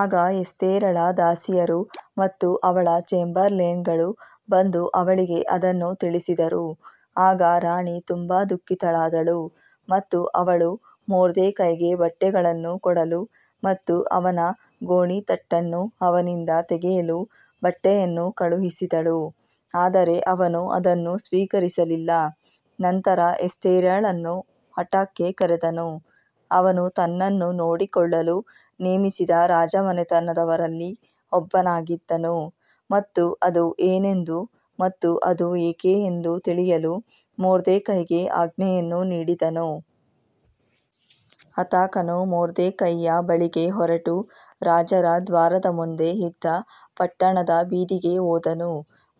ಆಗ ಎಸ್ತೇರಳ ದಾಸಿಯರು ಮತ್ತು ಅವಳ ಚೇಂಬರ್ಲೇನ್ಗಳು ಬಂದು ಅವಳಿಗೆ ಅದನ್ನು ತಿಳಿಸಿದರು ಆಗ ರಾಣಿ ತುಂಬಾ ದುಃಖಿತಳಾದಳು ಮತ್ತು ಅವಳು ಮೊರ್ದೆಕೈಗೆ ಬಟ್ಟೆಗಳನ್ನು ಕೊಡಲು ಮತ್ತು ಅವನ ಗೋಣೀತಟ್ಟನ್ನು ಅವನಿಂದ ತೆಗೆಯಲು ಬಟ್ಟೆಯನ್ನು ಕಳುಹಿಸಿದಳು ಆದರೆ ಅವನು ಅದನ್ನು ಸ್ವೀಕರಿಸಲಿಲ್ಲ. ನಂತರ ಎಸ್ತೇರಳನ್ನು ಹಟಾಕ್ಗೆ ಕರೆದನು, ಅವನು ತನ್ನನ್ನು ನೋಡಿಕೊಳ್ಳಲು ನೇಮಿಸಿದ ರಾಜಮನೆತನದವರಲ್ಲಿ ಒಬ್ಬನಾಗಿದ್ದನು ಮತ್ತು ಅದು ಏನೆಂದು ಮತ್ತು ಅದು ಏಕೆ ಎಂದು ತಿಳಿಯಲು ಮೊರ್ದೆಕೈಗೆ ಆಜ್ಞೆಯನ್ನು ನೀಡಿದನು. ಹತಾಕನು ಮೊರ್ದೆಕೈಯ ಬಳಿಗೆ ಹೊರಟು ರಾಜರ ದ್ವಾರದ ಮುಂದೆ ಇದ್ದ ಪಟ್ಟಣದ ಬೀದಿಗೆ ಹೋದನು.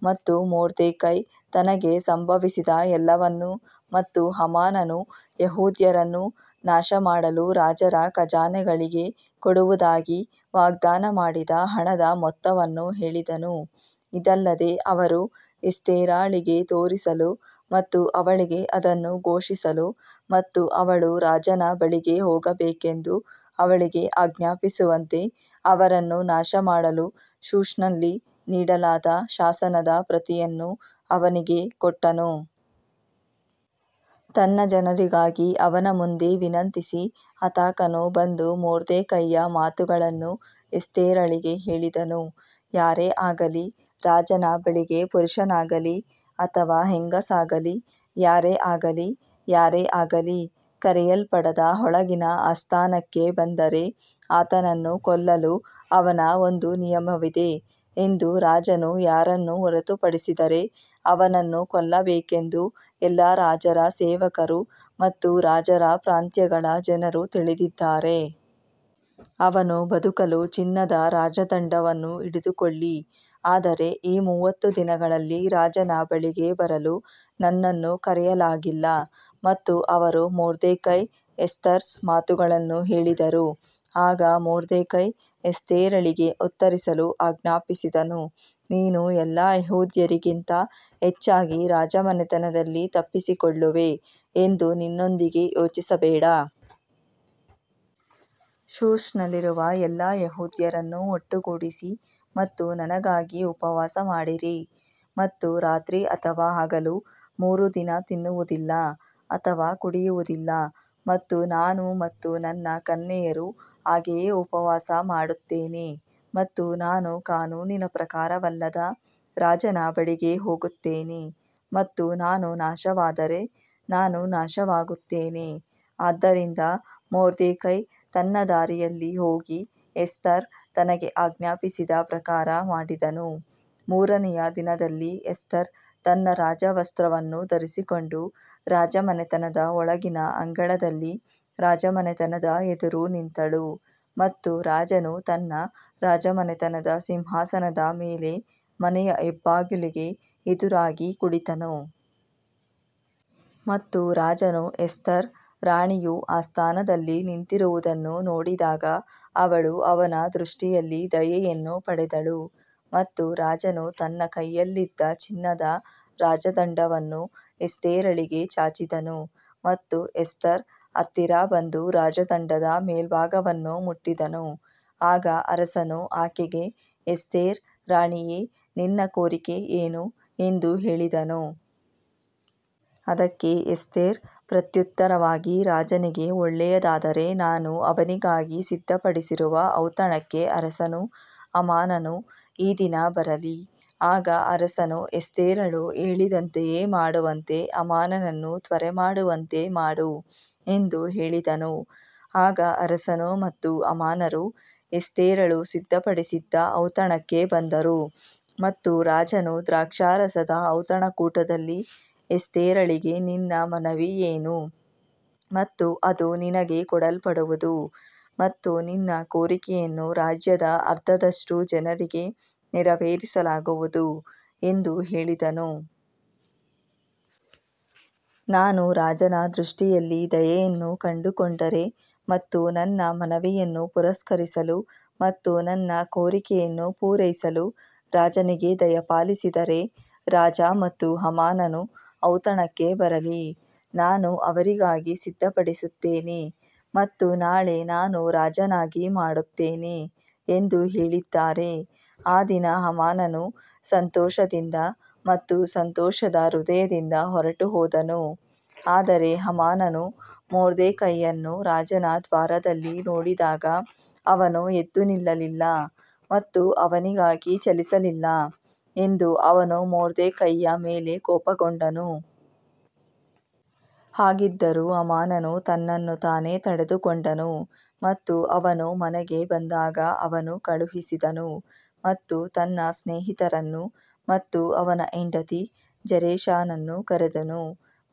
ಮತ್ತು ಮೊರ್ದೆಕೈ ತನಗೆ ಸಂಭವಿಸಿದ ಎಲ್ಲವನ್ನೂ ಮತ್ತು ಹಾಮಾನನು ಯೆಹೂದ್ಯರನ್ನು ನಾಶಮಾಡಲು ರಾಜರ ಖಜಾನೆಗಳಿಗೆ ಕೊಡುವುದಾಗಿ ವಾಗ್ದಾನ ಮಾಡಿದ ಹಣದ ಮೊತ್ತವನ್ನು ಹೇಳಿದನು. ಇದಲ್ಲದೆ ಅವರು ಎಸ್ತೇರಳಿಗೆ ತೋರಿಸಲು ಮತ್ತು ಅವಳಿಗೆ ಅದನ್ನು ಘೋಷಿಸಲು ಮತ್ತು ಅವಳು ರಾಜನ ಬಳಿಗೆ ಹೋಗಬೇಕೆಂದು ಅವಳಿಗೆ ಆಜ್ಞಾಪಿಸುವಂತೆ ಅವರನ್ನು ನಾಶಮಾಡಲು ಶೂಷನ್ನಲ್ಲಿ ನೀಡಲಾದ ಶಾಸನದ ಪ್ರತಿಯನ್ನು ಅವನಿಗೆ ಕೊಟ್ಟನು. ತನ್ನ ಜನರಿಗಾಗಿ ಅವನ ಮುಂದೆ ವಿನಂತಿಸಿ ಹತಾಕನು ಬಂದು ಮೊರ್ದೆಕೈಯ ಮಾತುಗಳನ್ನು ಎಸ್ತೇರಳಿಗೆ ಹೇಳಿದನು ಯಾರೇ ಆಗಲಿ ರಾಜನ ಬಳಿಗೆ ಪುರುಷನಾಗಲಿ ಅಥವಾ ಹೆಂಗಸಾಗಲಿ ಯಾರೇ ಆಗಲಿ ಯಾರೇ ಆಗಲಿ ಕರೆಯಲ್ಪಡದ ಒಳಗಿನ ಆಸ್ಥಾನಕ್ಕೆ ಬಂದರೆ ಆತನನ್ನು ಕೊಲ್ಲಲು ಅವನ ಒಂದು ನಿಯಮವಿದೆ ಎಂದು ರಾಜನು ಯಾರನ್ನು ಹೊರತುಪಡಿಸಿದರೆ ಅವನನ್ನು ಕೊಲ್ಲಬೇಕೆಂದು ಎಲ್ಲಾ ರಾಜರ ಸೇವಕರು ಮತ್ತು ರಾಜರ ಪ್ರಾಂತ್ಯಗಳ ಜನರು ತಿಳಿದಿದ್ದಾರೆ. ಅವನು ಬದುಕಲು ಚಿನ್ನದ ರಾಜದಂಡವನ್ನು ಹಿಡಿದುಕೊಳ್ಳಿ ಆದರೆ ಈ ಮೂವತ್ತು ದಿನಗಳಲ್ಲಿ ರಾಜನ ಬಳಿಗೆ ಬರಲು ನನ್ನನ್ನು ಕರೆಯಲಾಗಿಲ್ಲ ಮತ್ತು ಅವರು ಮೊರ್ದೆಕೈ ಎಸ್ತರ್ಸ್ ಮಾತುಗಳನ್ನು ಹೇಳಿದರು ಆಗ ಮೊರ್ದೆಕೈ ಎಸ್ತೇರಳಿಗೆ ಉತ್ತರಿಸಲು ಆಜ್ಞಾಪಿಸಿದನು, ನೀನು ಎಲ್ಲಾ ಯೆಹೂದ್ಯರಿಗಿಂತ ಹೆಚ್ಚಾಗಿ ರಾಜಮನೆತನದಲ್ಲಿ ತಪ್ಪಿಸಿಕೊಳ್ಳುವೆ ಎಂದು ನಿನ್ನೊಂದಿಗೆ ಯೋಚಿಸಬೇಡ. ಶೂಷನ್ನಲ್ಲಿರುವ ಎಲ್ಲಾ ಯೆಹೂದ್ಯರನ್ನು ಒಟ್ಟುಗೂಡಿಸಿ ಮತ್ತು ನನಗಾಗಿ ಉಪವಾಸ ಮಾಡಿರಿ ಮತ್ತು ರಾತ್ರಿ ಅಥವಾ ಹಗಲು ಮೂರು ದಿನ ತಿನ್ನುವುದಿಲ್ಲ ಅಥವಾ ಕುಡಿಯುವುದಿಲ್ಲ ಮತ್ತು ನಾನು ಮತ್ತು ನನ್ನ ಕನ್ಯೆಯರು ಹಾಗೆಯೇ ಉಪವಾಸ ಮಾಡುತ್ತೇನೆ ಮತ್ತು ನಾನು ಕಾನೂನಿನ ಪ್ರಕಾರವಲ್ಲದ ರಾಜನ ಬಳಿಗೆ ಹೋಗುತ್ತೇನೆ. ಮತ್ತು ನಾನು ನಾಶವಾದರೆ ನಾನು ನಾಶವಾಗುತ್ತೇನೆ ಆದ್ದರಿಂದ ಮೊರ್ದೆಕೈ ತನ್ನ ದಾರಿಯಲ್ಲಿ ಹೋಗಿ ಎಸ್ತರ್ ತನಗೆ ಆಜ್ಞಾಪಿಸಿದ ಪ್ರಕಾರ ಮಾಡಿದನು ಮೂರನೆಯ ದಿನದಲ್ಲಿ ಎಸ್ತರ್ ತನ್ನ ರಾಜವಸ್ತ್ರವನ್ನು ಧರಿಸಿಕೊಂಡು ರಾಜಮನೆತನದ ಒಳಗಿನ ಅಂಗಳದಲ್ಲಿ ರಾಜಮನೆತನದ ಎದುರು ನಿಂತಳು ಮತ್ತು ರಾಜನು ತನ್ನ ರಾಜಮನೆತನದ ಸಿಂಹಾಸನದ ಮೇಲೆ ಮನೆಯ ಹೆಬ್ಬಾಗಿಲುಗೆ ಎದುರಾಗಿ ಕುಳಿತನು. ಮತ್ತು ರಾಜನು ಎಸ್ತರ್ ರಾಣಿಯು ಆಸ್ಥಾನದಲ್ಲಿ ನಿಂತಿರುವುದನ್ನು ನೋಡಿದಾಗ ಅವಳು ಅವನ ದೃಷ್ಟಿಯಲ್ಲಿ ದಯೆಯನ್ನು ಪಡೆದಳು ಮತ್ತು ರಾಜನು ತನ್ನ ಕೈಯಲ್ಲಿದ್ದ ಚಿನ್ನದ ರಾಜದಂಡವನ್ನು ಎಸ್ತೇರಳಿಗೆ ಚಾಚಿದನು ಮತ್ತು ಎಸ್ತರ್ ಹತ್ತಿರ ಬಂದು ರಾಜದಂಡದ ಮೇಲ್ಭಾಗವನ್ನು ಮುಟ್ಟಿದನು. ಆಗ ಅರಸನು ಆಕೆಗೆ ಎಸ್ತೇರ್ ರಾಣಿಯೇ, ನಿನ್ನ ಕೋರಿಕೆ ಏನು ಎಂದು ಹೇಳಿದನು. ಅದಕ್ಕೆ ಎಸ್ತೇರ್ ಪ್ರತ್ಯುತ್ತರವಾಗಿ ರಾಜನಿಗೆ ಒಳ್ಳೆಯದಾದರೆ ನಾನು ಅವನಿಗಾಗಿ ಸಿದ್ಧಪಡಿಸಿರುವ ಔತಣಕ್ಕೆ ಅರಸನೂ ಹಾಮಾನನೂ ಈ ದಿನ ಬರಲಿ. ಆಗ ಅರಸನು ಎಸ್ತೇರಳು ಹೇಳಿದಂತೆಯೇ ಮಾಡುವಂತೆ ಹಾಮಾನನನ್ನು ತ್ವರೆಮಾಡುವಂತೆ ಮಾಡು ಎಂದು ಹೇಳಿದನು, ಆಗ ಅರಸನು ಮತ್ತು ಹಾಮಾನರು ಎಸ್ತೇರಳು ಸಿದ್ಧಪಡಿಸಿದ್ದ ಔತಣಕ್ಕೆ ಬಂದರು. ಮತ್ತು ರಾಜನು ದ್ರಾಕ್ಷಾರಸದ ಔತಣಕೂಟದಲ್ಲಿ ಎಸ್ತೇರಳಿಗೆ ನಿನ್ನ ಮನವಿ ಏನು ಮತ್ತು ಅದು ನಿನಗೆ ಕೊಡಲ್ಪಡುವುದು ಮತ್ತು ನಿನ್ನ ಕೋರಿಕೆಯನ್ನು ರಾಜ್ಯದ ಅರ್ಧದಷ್ಟು ಜನರಿಗೆ ನೆರವೇರಿಸಲಾಗುವುದು ಎಂದು ಹೇಳಿದನು. ನಾನು ರಾಜನ ದೃಷ್ಟಿಯಲ್ಲಿ ದಯೆಯನ್ನು ಕಂಡುಕೊಂಡರೆ ಮತ್ತು ನನ್ನ ಮನವಿಯನ್ನು ಪುರಸ್ಕರಿಸಲು ಮತ್ತು ನನ್ನ ಕೋರಿಕೆಯನ್ನು ಪೂರೈಸಲು ರಾಜನಿಗೆ ದಯಪಾಲಿಸಿದರೆ ರಾಜ ಮತ್ತು ಹಾಮಾನನು ಔತಣಕ್ಕೆ ಬರಲಿ, ನಾನು ಅವರಿಗಾಗಿ ಸಿದ್ಧಪಡಿಸುತ್ತೇನೆ ಮತ್ತು ನಾಳೆ ನಾನು ರಾಜನಾಗಿ ಮಾಡುತ್ತೇನೆ. ಎಂದು ಹೇಳಿದ್ದಾರೆ ಆ ದಿನ ಹಾಮಾನನು ಸಂತೋಷದಿಂದ ಮತ್ತು ಸಂತೋಷದ ಹೃದಯದಿಂದ ಹೊರಟುಹೋದನು ಆದರೆ ಹಾಮಾನನು ಮೊರ್ದೆಕೈಯನ್ನು ರಾಜನ ದ್ವಾರದಲ್ಲಿ ನೋಡಿದಾಗ ಅವನು ಎದ್ದು ನಿಲ್ಲಲಿಲ್ಲ ಮತ್ತು ಅವನಿಗಾಗಿ ಚಲಿಸಲಿಲ್ಲ ಎಂದು ಅವನು ಮೊರ್ದೆಕೈಯ ಮೇಲೆ ಕೋಪಗೊಂಡನು. ಹಾಗಿದ್ದರೂ ಹಾಮಾನನು ತನ್ನನ್ನು ತಾನೇ ತಡೆದುಕೊಂಡನು ಮತ್ತು ಅವನು ಮನೆಗೆ ಬಂದಾಗ ಅವನು ಕಳುಹಿಸಿದನು ಮತ್ತು ತನ್ನ ಸ್ನೇಹಿತರನ್ನು ಮತ್ತು ಅವನ ಹೆಂಡತಿ ಜೆರೆಷನನ್ನು ಕರೆದನು.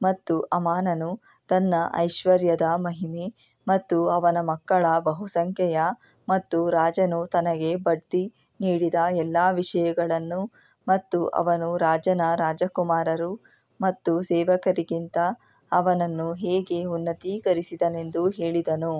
ಮತ್ತು ಹಾಮಾನನು ತನ್ನ ಐಶ್ವರ್ಯದ ಮಹಿಮೆ ಮತ್ತು ಅವನ ಮಕ್ಕಳ ಬಹುಸಂಖ್ಯೆಯ ಮತ್ತು ರಾಜನು ತನಗೆ ಬಡ್ತಿ ನೀಡಿದ ಎಲ್ಲಾ ವಿಷಯಗಳನ್ನು ಮತ್ತು ಅವನು ರಾಜನ ರಾಜಕುಮಾರರು ಮತ್ತು ಸೇವಕರಿಗಿಂತ ಅವನನ್ನು ಹೇಗೆ ಉನ್ನತೀಕರಿಸಿದನೆಂದು ಹೇಳಿದನು.